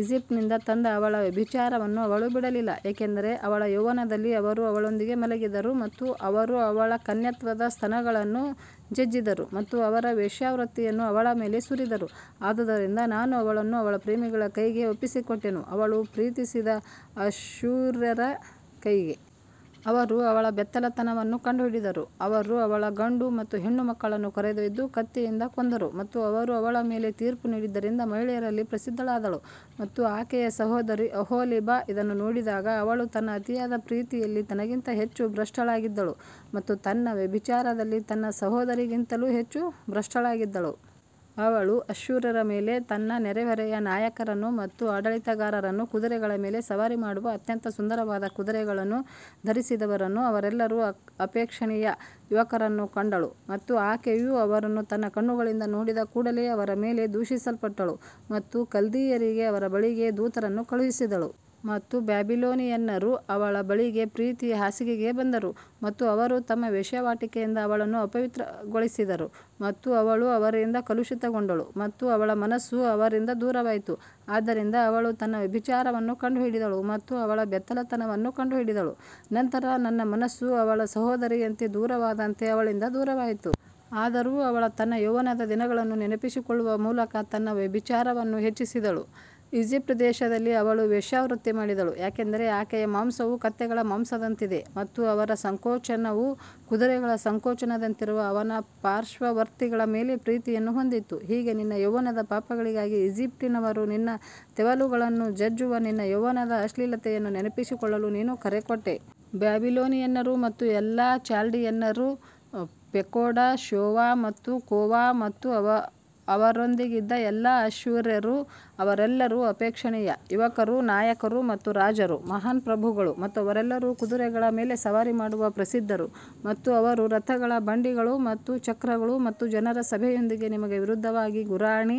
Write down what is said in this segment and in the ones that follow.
ಈಜಿಪ್ಟ್ನಿಂದ ತಂದ ಅವಳ ವ್ಯಭಿಚಾರವನ್ನು ಅವಳು ಬಿಡಲಿಲ್ಲ, ಏಕೆಂದರೆ ಅವಳ ಯೌವನದಲ್ಲಿ ಅವರು ಅವಳೊಂದಿಗೆ ಮಲಗಿದರು ಮತ್ತು ಅವರು ಅವಳ ಕನ್ಯತ್ವದ ಸ್ತನಗಳನ್ನು ಜಜ್ಜಿದರು ಮತ್ತು ಅವರ ವೇಶ್ಯಾವೃತ್ತಿಯನ್ನು ಅವಳ ಮೇಲೆ ಸುರಿದರು. ಆದದರಿಂದ ನಾನು ಅವಳನ್ನು ಅವಳ ಪ್ರೇಮಿಗಳ ಕೈಗೆ ಒಪ್ಪಿಸಿಕೊಟ್ಟೆನು, ಅವಳು ಪ್ರೀತಿಸಿದ ಅಶ್ಶೂರ್ಯರ ಕೈಗೆ. ಅವರು ಅವಳ ಬೆತ್ತಲೆತನವನ್ನು ಕಂಡುಹಿಡಿದರು, ಅವರು ಅವಳ ಗಂಡು ಮತ್ತು ಹೆಣ್ಣು ಮಕ್ಕಳನ್ನು ಕರೆದೊಯ್ದು ಕತ್ತಿಯಿಂದ ಕೊಂದರು ಮತ್ತು ಅವರು ಅವಳ ಮೇಲೆ ತೀರ್ಪು ನೀಡಿದ್ದರಿಂದ ಮಹಿಳೆಯರಲ್ಲಿ ಪ್ರಸಿದ್ಧಳಾದಳು. ಮತ್ತು ಆಕೆಯ ಸಹೋದರಿ ಅಹೋಲಿಬಾ ಇದನ್ನು ನೋಡಿದಾಗ ಅವಳು ತನ್ನ ಅತಿಯಾದ ಪ್ರೀತಿಯಲ್ಲಿ ತನಗಿಂತ ಹೆಚ್ಚು ಭ್ರಷ್ಟಳಾಗಿದ್ದಳು ಮತ್ತು ತನ್ನ ವ್ಯಭಿಚಾರದಲ್ಲಿ ತನ್ನ ಸಹೋದರಿಗಿಂತಲೂ ಹೆಚ್ಚು ಭ್ರಷ್ಟಳಾಗಿದ್ದಳು. ಅವಳು ಅಶ್ಶೂರ್ಯರ ಮೇಲೆ ತನ್ನ ನೆರೆಹೊರೆಯ ನಾಯಕರನ್ನು ಮತ್ತು ಆಡಳಿತಗಾರರನ್ನು, ಕುದುರೆಗಳ ಮೇಲೆ ಸವಾರಿ ಮಾಡುವ ಅತ್ಯಂತ ಸುಂದರವಾದ ಕುದುರೆಗಳನ್ನು ಧರಿಸಿದವರನ್ನು, ಅವರೆಲ್ಲರೂ ಅಪೇಕ್ಷಣೀಯ ಯುವಕರನ್ನು ಕಂಡಳು ಮತ್ತು ಆಕೆಯು ಅವರನ್ನು ತನ್ನ ಕಣ್ಣುಗಳಿಂದ ನೋಡಿದ ಕೂಡಲೆ ಅವರ ಮೇಲೆ ದೂಷಿಸಲ್ಪಟ್ಟಳು ಮತ್ತು ಕಲ್ದೀಯರಿಗೆ ಅವರ ಬಳಿಗೆ ದೂತರನ್ನು ಕಳುಹಿಸಿದಳು. ಮತ್ತು ಬ್ಯಾಬಿಲೋನಿಯನ್ನರು ಅವಳ ಬಳಿಗೆ ಪ್ರೀತಿಯ ಹಾಸಿಗೆಗೆ ಬಂದರು ಮತ್ತು ಅವರು ತಮ್ಮ ವೇಶ್ಯಾವಾಟಿಕೆಯಿಂದ ಅವಳನ್ನು ಅಪವಿತ್ರಗೊಳಿಸಿದರು ಮತ್ತು ಅವಳು ಅವರಿಂದ ಕಲುಷಿತಗೊಂಡಳು ಮತ್ತು ಅವಳ ಮನಸ್ಸು ಅವರಿಂದ ದೂರವಾಯಿತು. ಆದ್ದರಿಂದ ಅವಳು ತನ್ನ ವ್ಯಭಿಚಾರವನ್ನು ಕಂಡುಹಿಡಿದಳು ಮತ್ತು ಅವಳ ಬೆತ್ತಲೆತನವನ್ನು ಕಂಡುಹಿಡಿದಳು, ನಂತರ ನನ್ನ ಮನಸ್ಸು ಅವಳ ಸಹೋದರಿಯಿಂದ ದೂರವಾದಂತೆ ಅವಳಿಂದ ದೂರವಾಯಿತು. ಆದರೂ ಅವಳು ತನ್ನ ಯೌವನದ ದಿನಗಳನ್ನು ನೆನಪಿಸಿಕೊಳ್ಳುವ ಮೂಲಕ ತನ್ನ ವ್ಯಭಿಚಾರವನ್ನು ಹೆಚ್ಚಿಸಿದಳು, ಈಜಿಪ್ಟ್ ದೇಶದಲ್ಲಿ ಅವಳು ವೇಶ್ಯಾವೃತ್ತಿ ಮಾಡಿದಳು. ಯಾಕಂದರೆ ಆಕೆಯ ಮಾಂಸವು ಕತ್ತೆಗಳ ಮಾಂಸದಂತಿದೆ ಮತ್ತು ಅವರ ಸಂಕೋಚನವು ಕುದುರೆಗಳ ಸಂಕೋಚನದಂತಿರುವ ಅವರ ಪಾರ್ಶ್ವವರ್ತಿಗಳ ಮೇಲೆ ಪ್ರೀತಿಯನ್ನು ಹೊಂದಿತ್ತು. ಹೀಗೆ ನಿನ್ನ ಯೌವನದ ಪಾಪಗಳಿಗಾಗಿ ಈಜಿಪ್ಟಿನವರು ನಿನ್ನ ತೆವಲುಗಳನ್ನು ಜಜ್ಜುವ ನಿನ್ನ ಯೌವನದ ಅಶ್ಲೀಲತೆಯನ್ನು ನೆನಪಿಸಿಕೊಳ್ಳಲು ನೀನು ಕರೆಕೊಟ್ಟೆ. ಬ್ಯಾಬಿಲೋನಿಯನ್ನರು ಮತ್ತು ಎಲ್ಲಾ ಚಾಲ್ಡಿಯನ್ನರು, ಪೆಕೋಡ್, ಶೋವಾ ಮತ್ತು ಕೋವಾ ಮತ್ತು ಅವರೊಂದಿಗಿದ್ದ ಎಲ್ಲಾ ಅಶ್ಶೂರ್ಯರು, ಅವರೆಲ್ಲರೂ ಅಪೇಕ್ಷಣೀಯ ಯುವಕರು, ನಾಯಕರು ಮತ್ತು ರಾಜರು, ಮಹಾನ್ ಪ್ರಭುಗಳು, ಮತ್ತು ಅವರೆಲ್ಲರೂ ಕುದುರೆಗಳ ಮೇಲೆ ಸವಾರಿ ಮಾಡುವ ಪ್ರಸಿದ್ಧರು. ಮತ್ತು ಅವರು ರಥಗಳ ಬಂಡಿಗಳು ಮತ್ತು ಚಕ್ರಗಳು ಮತ್ತು ಜನರ ಸಭೆಯೊಂದಿಗೆ ನಿಮಗೆ ವಿರುದ್ಧವಾಗಿ ಗುರಾಣಿ,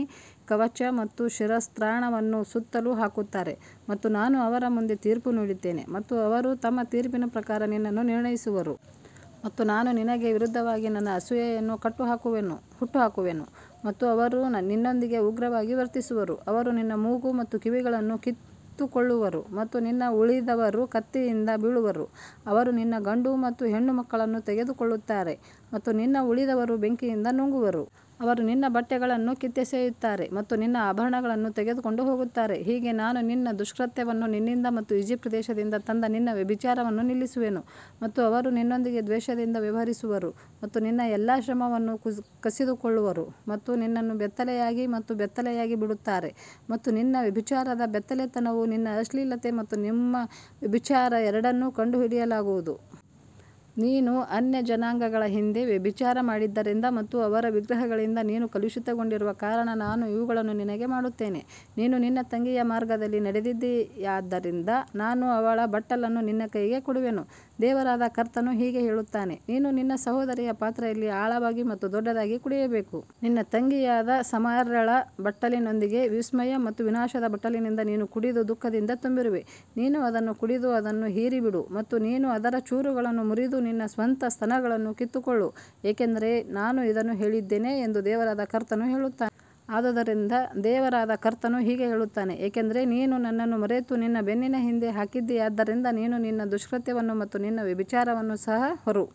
ಕವಚ ಮತ್ತು ಶಿರಸ್ತ್ರಾಣವನ್ನು ಸುತ್ತಲೂ ಹಾಕುತ್ತಾರೆ ಮತ್ತು ನಾನು ಅವರ ಮುಂದೆ ತೀರ್ಪು ನೀಡುತ್ತೇನೆ ಮತ್ತು ಅವರು ತಮ್ಮ ತೀರ್ಪಿನ ಪ್ರಕಾರ ನಿನ್ನನ್ನು ನಿರ್ಣಯಿಸುವರು. ಮತ್ತು ನಾನು ನಿನಗೆ ವಿರುದ್ಧವಾಗಿ ನನ್ನ ಅಸೂಯೆಯನ್ನು ಹುಟ್ಟುಹಾಕುವೆನು ಮತ್ತು ಅವರು ನಿನ್ನೊಂದಿಗೆ ಉಗ್ರವಾಗಿ ವರ್ತಿಸುವರು, ಅವರು ನಿನ್ನ ಮೂಗು ಮತ್ತು ಕಿವಿಗಳನ್ನು ಕಿತ್ತುಕೊಳ್ಳುವರು ಮತ್ತು ನಿಮ್ಮ ಉಳಿದವರು ಕತ್ತಿಯಿಂದ ಬೀಳುವರು, ಅವರು ನಿನ್ನ ಗಂಡು ಮತ್ತು ಹೆಣ್ಣು ಮಕ್ಕಳನ್ನು ತೆಗೆದುಕೊಳ್ಳುತ್ತಾರೆ ಮತ್ತು ನಿನ್ನ ಉಳಿದವರು ಬೆಂಕಿಯಿಂದ ನುಂಗುವರು. ಅವರು ನಿನ್ನ ಬಟ್ಟೆಗಳನ್ನು ಕಿತ್ತೆಸೆಯುತ್ತಾರೆ ಮತ್ತು ನಿನ್ನ ಆಭರಣಗಳನ್ನು ತೆಗೆದುಕೊಂಡು ಹೋಗುತ್ತಾರೆ, ಹೀಗೆ ನಾನು ನಿನ್ನ ದುಷ್ಕೃತ್ಯವನ್ನು ನಿನ್ನಿಂದ ಮತ್ತು ಈಜಿಪ್ಟ್ ದೇಶದಿಂದ ತಂದ ನಿನ್ನ ವ್ಯಭಿಚಾರವನ್ನು ನಿಲ್ಲಿಸುವೆನು. ಮತ್ತು ಅವರು ನಿನ್ನೊಂದಿಗೆ ದ್ವೇಷದಿಂದ ವ್ಯವಹರಿಸುವರು ಮತ್ತು ನಿನ್ನ ಎಲ್ಲಾ ಶ್ರಮವನ್ನು ಕಸಿದುಕೊಳ್ಳುವರು ಮತ್ತು ನಿನ್ನನ್ನು ಬೆತ್ತಲೆಯಾಗಿ ಮತ್ತು ಬೆತ್ತಲೆಯಾಗಿ ಬಿಡುತ್ತಾರೆ ಮತ್ತು ನಿನ್ನ ವ್ಯಭಿಚಾರದ ಬೆತ್ತಲೆತನವು ನಿನ್ನ ಅಶ್ಲೀಲತೆ ಮತ್ತು ನಿಮ್ಮ ವ್ಯಭಿಚಾರ ಎರಡನ್ನೂ ಕಂಡುಹಿಡಿಯಲಾಗುವುದು. ನೀನು ಅನ್ಯಜನಾಂಗಗಳ ಹಿಂದೆ ವ್ಯಭಿಚಾರ ಮಾಡಿದ್ದರಿಂದ ಮತ್ತು ಅವರ ವಿಗ್ರಹಗಳಿಂದ ನೀನು ಕಲುಷಿತಗೊಂಡಿರುವ ಕಾರಣ ನಾನು ಇವುಗಳನ್ನು ನಿನಗೆ ಮಾಡುತ್ತೇನೆ. ನೀನು ನಿನ್ನ ತಂಗಿಯ ಮಾರ್ಗದಲ್ಲಿ ನಡೆದಿದ್ದೀಯಾದ್ದರಿಂದ ನಾನು ಅವಳ ಬಟ್ಟಲನ್ನು ನಿನ್ನ ಕೈಗೆ ಕೊಡುವೆನು. ದೇವರಾದ ಕರ್ತನು ಹೀಗೆ ಹೇಳುತ್ತಾನೆ, ನೀನು ನಿನ್ನ ಸಹೋದರಿಯ ಪಾತ್ರೆಯಲ್ಲಿ ಆಳವಾಗಿ ಮತ್ತು ದೊಡ್ಡದಾಗಿ ಕುಡಿಯಬೇಕು. ನಿನ್ನ ತಂಗಿಯಾದ ಸಮಾರ್ಯಳ ಬಟ್ಟಲಿನೊಂದಿಗೆ ವಿಸ್ಮಯ ಮತ್ತು ವಿನಾಶದ ಬಟ್ಟಲಿನಿಂದ ನೀನು ಕುಡಿದು ದುಃಖದಿಂದ ತುಂಬಿರುವೆ. ನೀನು ಅದನ್ನು ಕುಡಿದು ಅದನ್ನು ಹೀರಿಬಿಡು ಮತ್ತು ನೀನು ಅದರ ಚೂರುಗಳನ್ನು ಮುರಿದು ನಿನ್ನ ಸ್ವಂತ ಸ್ತನಗಳನ್ನು ಕಿತ್ತುಕೊಳ್ಳು, ಏಕೆಂದರೆ ನಾನು ಇದನ್ನು ಹೇಳಿದ್ದೇನೆ ಎಂದು ದೇವರಾದ ಕರ್ತನು ಹೇಳುತ್ತಾನೆ. ಆದದರಿಂದ ದೇವರಾದ ಕರ್ತನು ಹೀಗೆ ಹೇಳುತ್ತಾನೆ, ಏಕೆಂದರೆ ನೀನು ನನ್ನನ್ನು ಮರೆತು ನಿನ್ನ ಬೆನ್ನಿನ ಹಿಂದೆ ಹಾಕಿದ್ದೀಯಾದ್ದರಿಂದ ನೀನು ನಿನ್ನ ದುಷ್ಕೃತ್ಯವನ್ನು ಮತ್ತು ನಿನ್ನ ವ್ಯಭಿಚಾರವನ್ನು ಸಹ ಹೊರು.